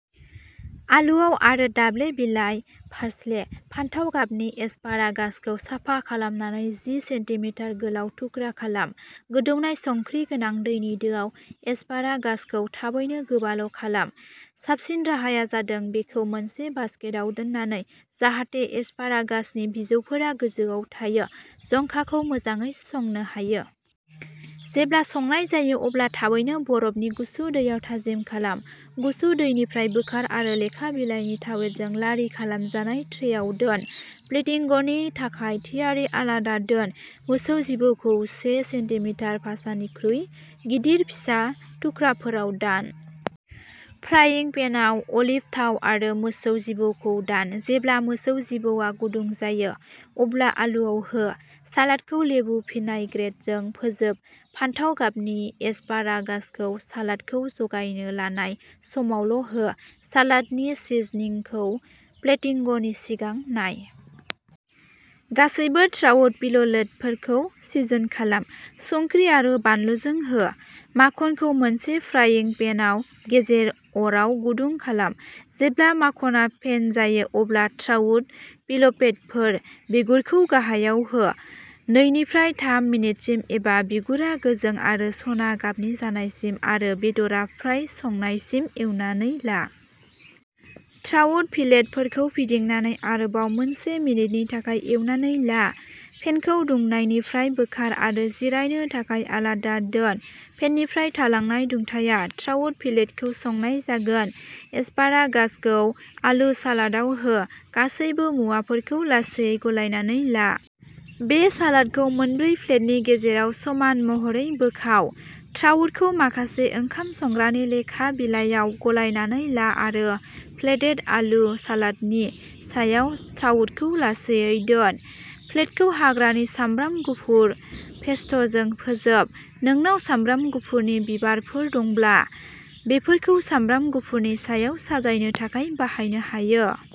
आलुआव आरो दाब्ले बिलाइ पार्सले। फान्थाव गाबनि एसपारागासखौ साफा खालामनानै जि सेन्टिमिटार गोलाव थुख्रा खालाम। गोदौनाय संख्रि गोनां दैनि दोआव एसपारागासखौ थाबैनो गोबाल' खालाम। साबसिन राहाया जादों बेखौ मोनसे बास्केटआव दोननानै, जाहाथे एसपारागासनि बिजौफोरा गोजौआव थायो, जंखाखौ मोजाङै संनो हायो। जेब्ला संनाय जायो, अब्ला थाबैनो बरफनि गुसु दैयाव थाजिम खालाम। गुसु दैनिफ्राय बोखार आरो लेखा बिलाइनि तावेलजों लारि खालामजानाय ट्रेआव दोन; प्लेटिंगनि थाखाय थियारि आलादा दोन। मोसौ जिबौखौ से सेन्टिमिटार पासानिख्रुइ गिदिर फिसा थुख्राफोराव दान। फ्राइं पेनआव, अलिभ थाव आरो मोसौ जिबौखौ दान। जेब्ला मोसौ जिबौआ गुदुं जायो, अब्ला आलुआव हो। सालादखौ लेबु भिनाइग्रेटजों फोजोब। फान्थाव गाबनि एसपारागासखौ सालादखौ जगायनो लानाय समावल' हो। सालादनि सिजनिंखौ प्लेटिंगनि सिगां नाय। गासैबो ट्राउट फिललेटफोरखौ सिजोन खालाम। संख्रि आरो बानलुजों हो। माखनखौ मोनसे फ्राइं पेनआव गेजेर अराव गुदुं खालाम। जेब्ला माखनआ फेन जायो, अब्ला ट्राउट फिललेटफोर, बिगुरखौ गाहायाव हो। नैनिफ्राय थाम मिनिटसिम एबा बिगुरा गोजों आरो सना गाबनि जानायसिम आरो बेदरआ फ्राय संनायसिम एवनानै ला। ट्राउट फिललेटफोरखौ फिदिंनानै आरोबाव मोनसे मिनिटनि थाखाय एवनानै ला। पेनखौ दुंनायनिफ्राय बोखार आरो जिरायनो थाखाय आलादा दोन। पेननिफ्राय थालांनाय दुंथाया ट्राउट फिललेटखौ संनाय जागोन। एस्पारागासखौ आलु सालादाव हो; गासैबो मुवाफोरखौ लासैयै गलायनानै ला। बे सालादखौ मोनब्रै प्लेटनि गेजेराव समान महरै बोखाव। ट्राउटखौ माखासे ओंखाम संग्रानि लेखा बिलाइयाव गलायनानै ला आरो प्लेटेड आलु सालादनि सायाव ट्राउटखौ लासैयै दोन। प्लेटखौ हाग्रानि सामब्राम गुफुर पेस्ट'जों फोजोब। नोंनाव सामब्राम गुफुरनि बिबारफोर दंब्ला, बेफोरखौ सामब्राम गुफुरनि सायाव साजायनो थाखाय बाहायनो हायो।